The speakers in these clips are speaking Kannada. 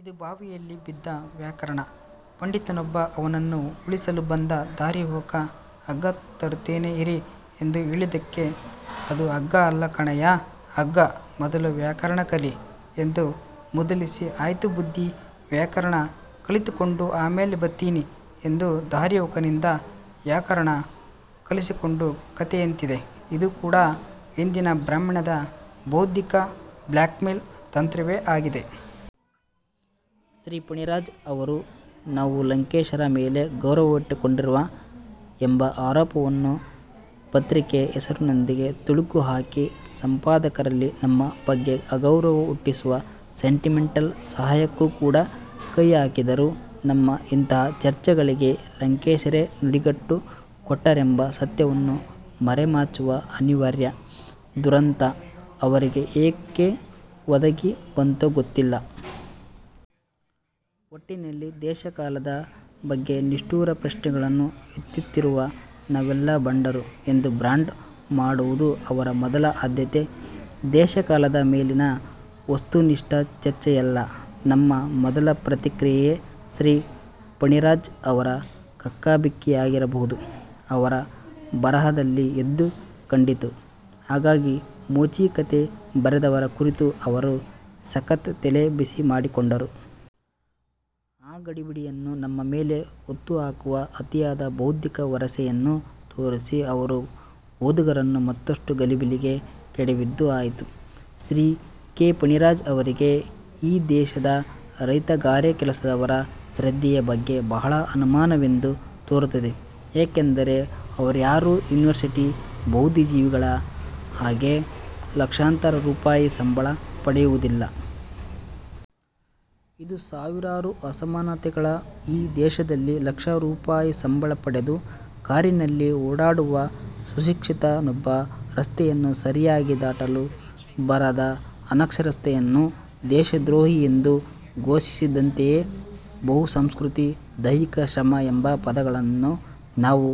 ಇದು ಬಾವಿಯಲ್ಲಿ ಬಿದ್ದ ವ್ಯಾಕರಣ ಪಂಡಿತನೊಬ್ಬ ಅವನನ್ನು ಉಳಿಸಲು ಬಂದ ದಾರಿಹೋಕ 'ಅಗ್ಗ ತರುತ್ತೇನೆ ಇರಿ' ಎಂದು ಹೇಳಿದ್ದಕ್ಕೆ, 'ಅದು 'ಅಗ್ಗ' ಅಲ್ಲ ಕಣಯ್ಯ 'ಹಗ್ಗ', ಮೊದಲು ವ್ಯಾಕರಣ ಕಲಿ' ಎಂದು ಮೂದಲಿಸಿ 'ಆಯ್ತು ಬುದ್ಧಿ, ವ್ಯಾಕರಣ ಕಲಿತುಕೊಂಡು ಆಮೇಲೆ ಬತ್ತೀನಿ' ಎಂದು ದಾರಿಹೋಕನಿಂದ 'ಯಾಕರಣ' ಹೇಳಿಸಿಕೊಂಡ ಕಥೆಯಂತಿದೆ ಇದೂ ಕೂಡ ಎಂದಿನ 'ಬ್ರಾಹ್ಮಣ್ಯ'ದ ಬೌದ್ಧಿಕ ಬ್ಲ್ಯಾಕ್ಮೇಲ್ ತಂತ್ರವೇ ಆಗಿದೆ. ಶ್ರೀ ಫಣಿರಾಜ್ ಅವರು ನಾವು ಲಂಕೇಶರ ಮೇಲೆ ಗೌರವವಿಟ್ಟುಕೊಂಡಿಲ್ಲ ಎಂಬ ಆರೋಪವನ್ನು ಪತ್ರಿಕೆಯ ಹೆಸರಿನೊಂದಿಗೆ ತಳುಕು ಹಾಕಿ ಸಂಪಾದಕರಲ್ಲಿ ನಮ್ಮ ಬಗ್ಗೆ ಅಗೌರವ ಹುಟ್ಟಿಸುವ 'ಸೆಂಟಿಮೆಂಟಲ್ ಸಾಹಸ'ಕ್ಕೂ ಕೂಡ ಕೈ ಹಾಕಿದರು. ನಮ್ಮ ಇಂತಹ ಚರ್ಚೆಗಳಿಗೆ ಲಂಕೇಶರೇ ನುಡಿಗಟ್ಟು ಕೊಟ್ಟರೆಂಬ ಸತ್ಯವನ್ನು ಮರೆಮಾಚುವ ಅನಿವಾರ್ಯ ದುರಂತ ಅವರಿಗೆ ಏಕೆ ಒದಗಿ ಬಂತೋ ಗೊತ್ತಿಲ್ಲ. ಒಟ್ಟಿನಲ್ಲಿ 'ದೇಶಕಾಲ'ದ ಬಗ್ಗೆ ನಿಷ್ಠುರ ಪ್ರಶ್ನೆಗಳನ್ನು ಎತ್ತುತ್ತಿರುವ ನಾವೆಲ್ಲ 'ಭಂಡರು' ಎಂದು ಬ್ರಾಂಡ್ ಮಾಡುವುದು ಅವರ ಮೊದಲ ಆದ್ಯತೆ 'ದೇಶಕಾಲ'ದ ಮೇಲಿನ ವಸ್ತುನಿಷ್ಠ ಚರ್ಚೆಯಲ್ಲ. ನಮ್ಮ ಮೊದಲ ಪ್ರತಿಕ್ರಿಯೆಗೆ ಶ್ರೀ ಫಣಿರಾಜ್ ಅವರು ಕಕ್ಕಾಬಿಕ್ಕಿಯಾಗಿರುವುದು ಅವರ ಬರಹದಲ್ಲಿ ಎದ್ದು ಕಂಡಿತು. ಹಾಗಾಗಿ 'ಮೋಚಿ' ಕಥೆ ಬರೆದವರ ಕುರಿತು ಅವರು 'ಸಖತ್' ತಲೆ ಬಿಸಿ ಮಾಡಿಕೊಂಡರು. ಆ ಗಡಿಬಿಡಿಯನ್ನು ನಮ್ಮ ಮೇಲೆ ಹೊತ್ತುಹಾಕುವ ಅತಿಯಾದ 'ಬೌದ್ಧಿಕ ವರಸೆ'ಯನ್ನೂ ತೋರಿಸಿ ಅವರು ಓದುಗರನ್ನು ಮತ್ತಷ್ಟು ಗಲಿಬಿಲಿಗೆ ಕೆಡವಿದ್ದೂ ಆಯಿತು. ಶ್ರೀ ಕೆ. ಫಣಿರಾಜ್ ಅವರಿಗೆ ಈ ದೇಶದ ರೈತ ಗಾರೆ ಕೆಲಸದವರ ಶ್ರದ್ಧೆಯ ಬಗ್ಗೆ ಬಹಳ ಅನುಮಾನವೆಂದು ತೋರುತ್ತದೆ. ಯಾಕೆಂದರೆ ಅವರ್ಯಾರೂ ಯುನಿವರ್ಸಿಟಿ ಬುದ್ಧಿಜೀವಿಗಳ ಹಾಗೆ ಲಕ್ಷಾಂತರ ರೂಪಾಯಿಯ ಸಂಬಳ ಪಡೆಯುವುದಿಲ್ಲ. ಇದು ಸಾವಿರಾರು ಅಸಮಾನತೆಗಳ ಈ ದೇಶದಲ್ಲಿ ಲಕ್ಷ ರೂಪಾಯಿ ಸಂಬಳ ಪಡೆದು ಕಾರಿನಲ್ಲಿ ಓಡಾಡುವ 'ಸುಶಿಕ್ಷಿತ'ನೊಬ್ಬ ರಸ್ತೆಯನ್ನು ಸರಿಯಾಗಿ ದಾಟಲು ಬಾರದ ಅನಕ್ಷರಸ್ಥನನ್ನು ದೇಶದ್ರೋಹಿಯೆಂದು ಘೋಷಿಸಿದಂತಿದೆ. 'ಬಹು ಸಂಸ್ಕೃತಿ', 'ದೈಹಿಕ ಶ್ರಮ' ಎಂಬ ಪದಗಳನ್ನು ನಾವು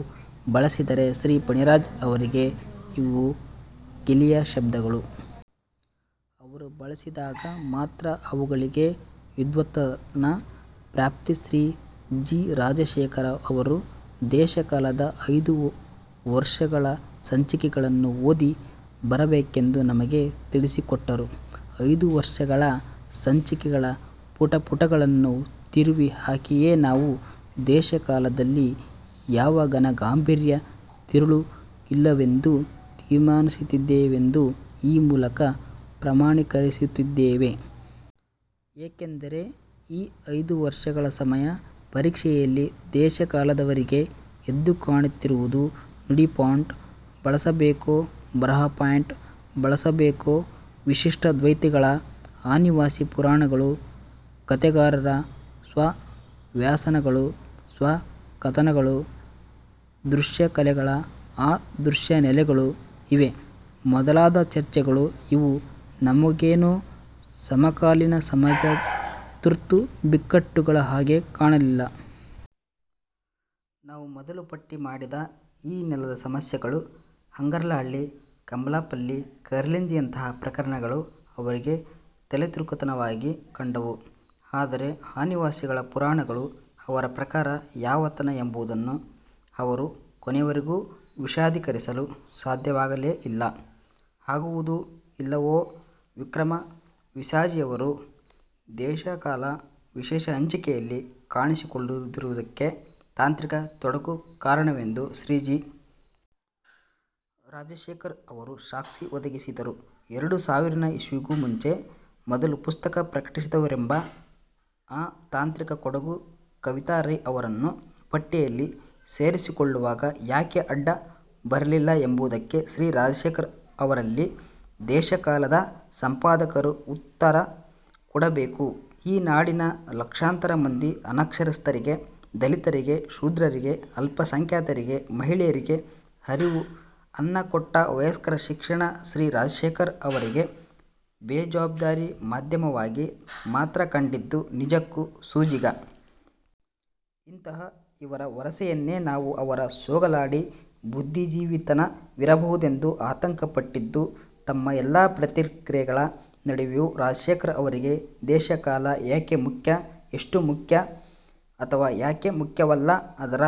ಬಳಸಿದರೆ ಶ್ರೀ ಫಣಿರಾಜ್ ಅವರಿಗೆ ಅವು ಗೇಲಿಯ ಶಬ್ದಗಳು. ಅವರು ಬಳಸಿದಾಗ ಮಾತ್ರ ಅವುಗಳಿಗೆ 'ವಿದ್ವತ್ತನ' ಪ್ರಾಪ್ತಿ. ಶ್ರೀ ಜಿ. ರಾಜಶೇಖರ್ ಅವರು 'ದೇಶಕಾಲ'ದ ಐದೂ ವರ್ಷಗಳ ಸಂಚಿಕೆಗಳನ್ನು ಓದಿ ಬರಬೇಕೆಂದು ನಮಗೆ ತಿಳಿಸಿಕೊಟ್ಟರು. ಐದೂ ವರ್ಷಗಳ ಸಂಚಿಕೆಗಳ ಪುಟಪುಟಗಳನ್ನೂ ತಿರುವಿ ಹಾಕಿಯೇ ನಾವು 'ದೇಶಕಾಲ'ದಲ್ಲಿ ಯಾವ ಘನ ಗಾಂಭೀರ್ಯ ತಿರುಳೂ ಇಲ್ಲವೆಂದು ತೀರ್ಮಾನಿಸಿದ್ದೇವೆಂದು ಈ ಮೂಲಕ ಪ್ರಮಾಣೀಕರಿಸುತ್ತಿದ್ದೇವೆ. ಯಾಕೆಂದರೆ ಈ ಐದು ವರ್ಷಗಳ 'ಸಮಯ ಪರೀಕ್ಷೆ'ಯಲ್ಲಿ 'ದೇಶಕಾಲ'ದವರಿಗೆ ಎದ್ದು ಕಾಣುತ್ತಿರುವುದು 'ನುಡಿ ಫಾಂಟ್ ಬಳಸಬೇಕೋ, ಬರಹ ಫಾಂಟ್ ಬಳಸಬೇಕೋ', 'ವಿಶಿಷ್ಟಾದ್ವೈತಿಗಳ ಅನಿವಾಸಿ ಪುರಾಣಗಳು', 'ಕಥೆಗಾರರ ಸ್ವ-ವ್ಯಸನಗಳು- ಸ್ವ-ಕಥನಗಳು', 'ದೃಶ್ಯಕಲೆಗಳ ಅ-ದೃಶ್ಯ ನೆಲೆಗಳು' ಇವೇ ಮೊದಲಾದ ಚರ್ಚೆಗಳು. ಇವು ನಮಗೇನೂ ಸಮಕಾಲೀನ ಸಮಾಜದ ತುರ್ತು ಬಿಕ್ಕಟ್ಟುಗಳ ಹಾಗೆ ಕಾಣಲಿಲ್ಲ. ನಾವು ಮೊದಲು ಪಟ್ಟಿ ಮಾಡಿದ ಈ ನೆಲದ ನಿಜಸಮಸ್ಯೆಗಳು, ಹಂಗರಹಳ್ಳಿ, ಕಂಬಾಲಪಲ್ಲಿ, ಖೈರ್ಲಾಂಜಿಯಂತಹ ಪ್ರಕರಣಗಳು ಅವರಿಗೆ 'ತಲೆತಿರುಕತನ'ವಾಗಿ ಕಂಡವು. ಆದರೆ 'ಅನಿವಾಸಿಗಳ ಪುರಾಣಗಳು' ಅವರ ಪ್ರಕಾರ ಯಾವ 'ತನ' ಎಂಬುದನ್ನು ಅವರು ಕೊನೆಯವರೆಗೂ ವಿಶದೀಕರಿಸಲು ಸಾಧ್ಯವಾಗಲೇ ಇಲ್ಲ. ಆಗುವುದೂ ಇಲ್ಲವೇನೋ? ವಿಕ್ರಮ ವಿಸಾಜಿಯವರು 'ದೇಶಕಾಲ' ವಿಶೇಷ ಸಂಚಿಕೆಯಲ್ಲಿ ಕಾಣಿಸಿಕೊಳ್ಳದಿರುವುದಕ್ಕೆ ತಾಂತ್ರಿಕ ತೊಡಕು ಕಾರಣವೆಂದು ಶ್ರೀ ಜಿ. ರಾಜಶೇಖರ್ ಅವರು ಸಾಕ್ಷಿ ಒದಗಿಸಿದರು. ಎರಡು ಸಾವಿರನೇ ಇಸವಿಗೂ ಮುಂಚೆ ಮೊದಲ ಪುಸ್ತಕ ಪ್ರಕಟಿಸಿದವರೆಂಬ ಆ 'ತಾಂತ್ರಿಕ ತೊಡಕು' ಕವಿತಾ ರೈ ಅವರನ್ನು ಪಟ್ಟಿಯಲ್ಲಿ ಸೇರಿಸಿಕೊಳ್ಳುವಾಗ ಯಾಕೆ ಅಡ್ಡ ಬರಲಿಲ್ಲ ಎಂಬುದಕ್ಕೆ ಶ್ರೀ ರಾಜಶೇಖರ್ ಅವರಲ್ಲ. 'ದೇಶಕಾಲ'ದ ಸಂಪಾದಕರು ಉತ್ತರ ಕೊಡಬೇಕು. ಈ ನಾಡಿನ ಲಕ್ಷಾಂತರ ಮಂದಿ ಅನಕ್ಷರಸ್ಥರಿಗೆ, ದಲಿತರಿಗೆ, ಶೂದ್ರರಿಗೆ, ಅಲ್ಪ ಸಂಖ್ಯಾತರಿಗೆ, ಮಹಿಳೆಯರಿಗೆ ಅರಿವು, ಅನ್ನ ಕೊಟ್ಟ ವಯಸ್ಕರ ಶಿಕ್ಷಣ ಶ್ರೀ ರಾಜಶೇಖರ್ ಅವರಿಗೆ 'ಬೇಜವಾಬ್ದಾರಿ ಮಾಧ್ಯಮ'ವಾಗಿ ಮಾತ್ರ ಕಂಡಿದ್ದು ನಿಜಕ್ಕೂ ಸೋಜಿಗ. ಇಂತಹ ಇವರ ವರಸೆಯನ್ನೇ ನಾವು ಅವರ ಸೋಗಲಾಡಿ ಬುದ್ಧಿಜೀವಿತನವಿರಬಹುದೆಂದು ಆತಂಕ ಪಟ್ಟಿದ್ದು. ತಮ್ಮ ಎಲ್ಲಾ ಪ್ರತಿಕ್ರಿಯೆಗಳ ನಡುವೆಯೂ ರಾಜಶೇಖರ್ ಅವರಿಗೆ 'ದೇಶ ಕಾಲ' ಯಾಕೆ ಮುಖ್ಯ, ಎಷ್ಟು ಮುಖ್ಯ, ಅಥವಾ ಯಾಕೆ ಮುಖ್ಯವಲ್ಲ ಅದರ